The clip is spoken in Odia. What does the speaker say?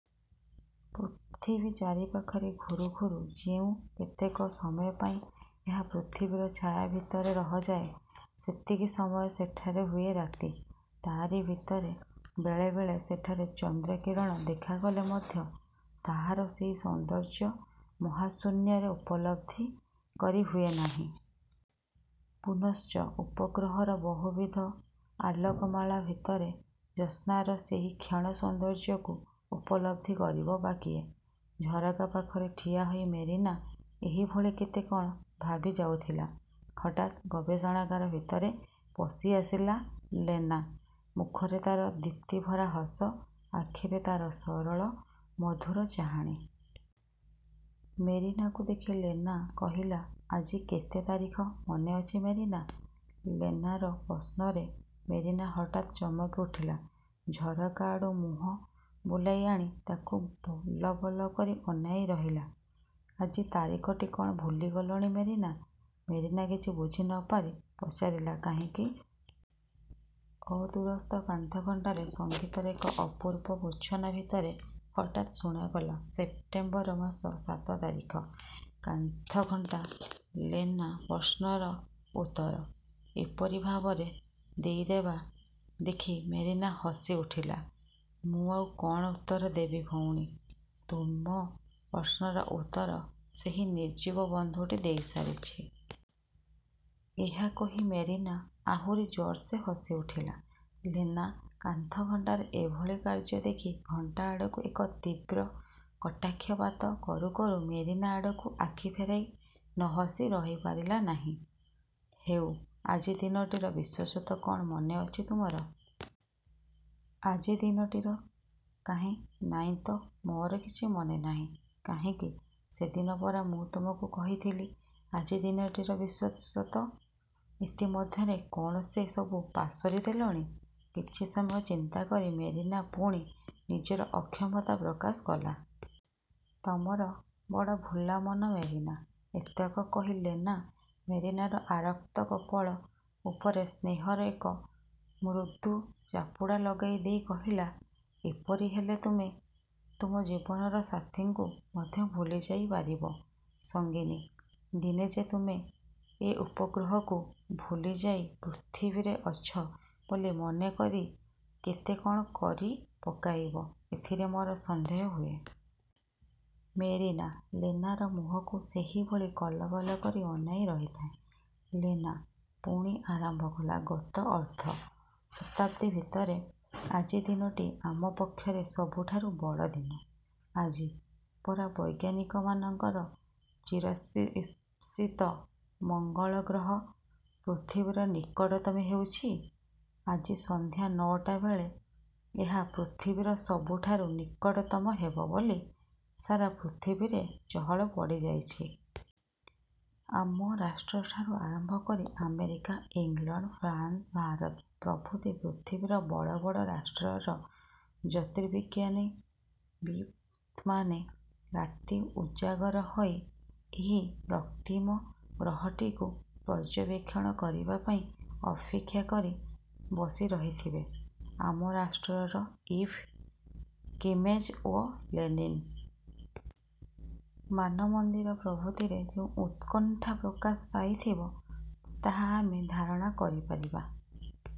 ପୃଥିବୀ ଚାରିପାଖରେ ଘୂରୁ ଘୂରୁ ଯେଉଁ କେତେକ ସମୟ ପାଇଁ ଏହା ପୃଥିବୀର ଛାୟା ଭିତରେ ରହଯାଏ, ସେତିକି ସମୟ ସେଠାରେ ହୁଏ ରାତି। ତା'ରି ଭିତରେ ବେଳେବେଳେ ସେଠାରେ ଚନ୍ଦ୍ରକିରଣ ଦେଖାଗଲେ ମଧ୍ୟ ତାହାର ସେହି ସୌନ୍ଦର୍ଯ୍ୟ ମହାଶୂନ୍ୟରେ ଉପଲବ୍ଧି କରି ହୁଏ ନାହିଁ। ପୁନଶ୍ଚ ଉପଗ୍ରହର ବହୁବିଧ ଆଲୋକମାଳା ଭିତରେ ଜ୍ୟୋସ୍ନାର ସେହି କ୍ଷୀଣ ସୌନ୍ଦର୍ଯ୍ୟକୁ ଉପଲବ୍ଧି କରିବ ବା କିଏ? ଝରକା ପାଖରେ ଠିଆହୋଇ ମେରିନା ଏହିଭଳି କେତେ କ'ଣ ଭାବିଯାଉଥିଲା। ହଠାତ୍ ଗବେଷଣାଗାର ଭିତରେ ପଶିଆସିଲା ଲେନା। ମୁଖରେ ତାର ଦୀପ୍ତିଭରା ହସ, ଆଖିରେ ତାର ସରଳ ମଧୁର ଚାହାଣି। ମେରିନାକୁ ଦେଖି ଲେନା କହିଲା, ''ଆଜି କେତେ ତାରିଖ ମନେ ଅଛି ମେରିନା? '' ଲେନାର ପ୍ରଶ୍ନରେ ମେରିନା ହଠାତ୍ ଚମକି ଉଠିଲା। ଝରକା ଆଡ଼ୁ ମୁହଁ ବୁଲାଇ ଆଣି ତା'କୁ ବଲବଲ କରି ଅନାଇ ରହିଲା, ''ଆଜି ତାରିଖଟି କ'ଣ ଭୁଲିଗଲଣି ମେରିନା? ''ମେରିନା କିଛି ବୁଝି ନପାରି ପଚାରିଲା, ''କାହିଁକି? '' ଅଦୂରସ୍ଥ କାନ୍ଥଘଣ୍ଟାରେ ସଙ୍ଗୀତର ଏକ ଅପୂର୍ବ ମୂର୍ଚ୍ଛନା ଭିତରେ ହଠାତ୍ ଶୁଣାଗଲା-''ସେପ୍ଟେମ୍ୱର ମାସ ସାତ ତାରିଖ। '' କାନ୍ଥଘଣ୍ଟା ଲେନା ପ୍ରଶ୍ନର ଉତ୍ତର ଏପରି ଭାବରେ ଦେଇଦେବା ଦେଖି ମେରିନା ହସି ଉଠିଲା। ''ମୁଁ ଆଉ କ'ଣ ଉତ୍ତର ଦେବୀ ଭଉଣୀ? ତୁମ ପ୍ରଶ୍ନର ଉତ୍ତର ସେହି ନିର୍ଜୀବ ବନ୍ଧୁଟି ଦେଇସାରିଛି। ' ଏହା କହି ମେରିନା ଆହୁରି ଜୋର୍ରେ ହସି ଉଠିଲା। ଲେନା କାନ୍ଥଘଣ୍ଟାର ଏଭଳି କାର୍ଯ୍ୟ ଦେଖି ଘଣ୍ଟା ଆଡ଼କୁ ଏକ ତୀବ୍ର କଟାକ୍ଷପାତ କରୁ କରୁ ମେରିନା ଆଡ଼କୁ ଆଖି ଫେରାଇ ନହସି ରହିପାରିଲା ନାହିଁ। ''ହେଉ, ଆଜି ଦିନଟିର ବିଶେଷତ୍ୱ କ'ଣ ମନେ ଅଛି ତୁମର? '' ''ଆଜି ଦିନଟିର? କାହିଁ, ନାଇଁ ତ-ମୋର କିଛି ମନେ ନାହିଁ। '' ''କାହିଁକି, ସେଦିନ ପରା ମୁଁ ତୁମକୁ କହିଥିଲି, ଆଜି ଦିନଟିର ବିଶେଷତ୍ୱ। ଇତିମଧ୍ୟରେ କ'ଣ ସେ ସବୁ ପାସୋରି ଦେଲଣି? '' କିଛି ସମୟ ଚିନ୍ତା କରି ମେରିନା ପୁଣି ନିଜର ଅକ୍ଷମତା ପ୍ରକାଶ କଲା। ''ତମର ବଡ଼ ଭୁଲା ମନ ମେରିନା! '' ଏତକ କହି ଲେନା ମେରିନାର ଆରକ୍ତ କପୋଳ ଉପରେ ସ୍ନେହର ଏକ ମୃଦୁ ଚାପୁଡ଼ା ଲଗାଇ ଦେଇ କହିଲା, ''ଏପରି ହେଲେ ତୁମେ ତୁମ ଜୀବନର ସାଥୀଙ୍କୁ ମଧ୍ୟ ଭୁଲିଯାଇ ପାରିବ ସଙ୍ଗିନି! ଦିନେ ଯେ ତୁମେ ଏ ଉପଗ୍ରହକୁ ଭୁଲିଯାଇ ପୃଥିବୀରେ ଅଛ ବୋଲି ମନେ କରି କେତେ କଣ କରିପକାଇବ, ଏଥିରେ ମୋର ସନ୍ଦେହ ହୁଏ। '' ମେରିନା ଲେନାର ମୁହଁକୁ ସେହିଭଳି ବଲବଲ କରି ଅନାଇ ରହିଥାଏ। ଲେନା ପୁଣି ଆରମ୍ଭ କଲା-'ଗତ ଅର୍ଦ୍ଧ-ଶତାବ୍ଦୀ ଭିତରେ ଆଜି ଦିନଟି ଆମ ପକ୍ଷରେ ସବୁଠାରୁ ବଡ଼ ଦିନ। ଆଜି। ପରା ବୈଜ୍ଞାନିକମାନଙ୍କର ଚିରଈପ୍ସିତ ମଙ୍ଗଳଗ୍ରହ ପୃଥିବୀର ନିକଟତମ ହେଉଛି? ଆଜି ସନ୍ଧ୍ୟା ନ'ଟା ବେଳେ ଏହା ପୃଥିବୀର ସବୁଠାରୁ ନିକଟତମ ହେବ ବୋଲି ସାରା ପୃଥିବୀରେ ଚହଳ ପଡ଼ିଯାଇଛି। ଆମ ରାଷ୍ଟ୍ରଠାରୁ ଆରମ୍ଭ କରି ଆମେରିକା, ଇଂଲଣ୍ଡ, ଫ୍ରାନ୍ସ, ଭାରତ ପ୍ରଭୃତି ପୃଥିବୀର ବଡ଼ ବଡ଼ ରାଷ୍ଟ୍ରର ଜ୍ୟୋତିର୍ବିଜ୍ଞାନବିତ୍ମାନେ ରାତି ଉଜାଗର ହୋଇ ଏହି ରକ୍ତିମ ଗ୍ରହଟିକୁ ପର୍ଯ୍ୟବେକ୍ଷଣ କରିବା ପାଇଁ ଅପେକ୍ଷା କରି ବସି ରହିଥିବେ। ଆମ ରାଷ୍ଟ୍ରର ଇଭ୍, କିମେଜ୍ ଓ ଲେନିନ୍ ମାନମନ୍ଦିର ପ୍ରଭୃତିରେ ଯେଉଁ ଉତ୍କଣ୍ଠା ପ୍ରକାଶ ପାଇଥିବ, ତାହା ଆମେ ଧାରଣା କରିପାରିବା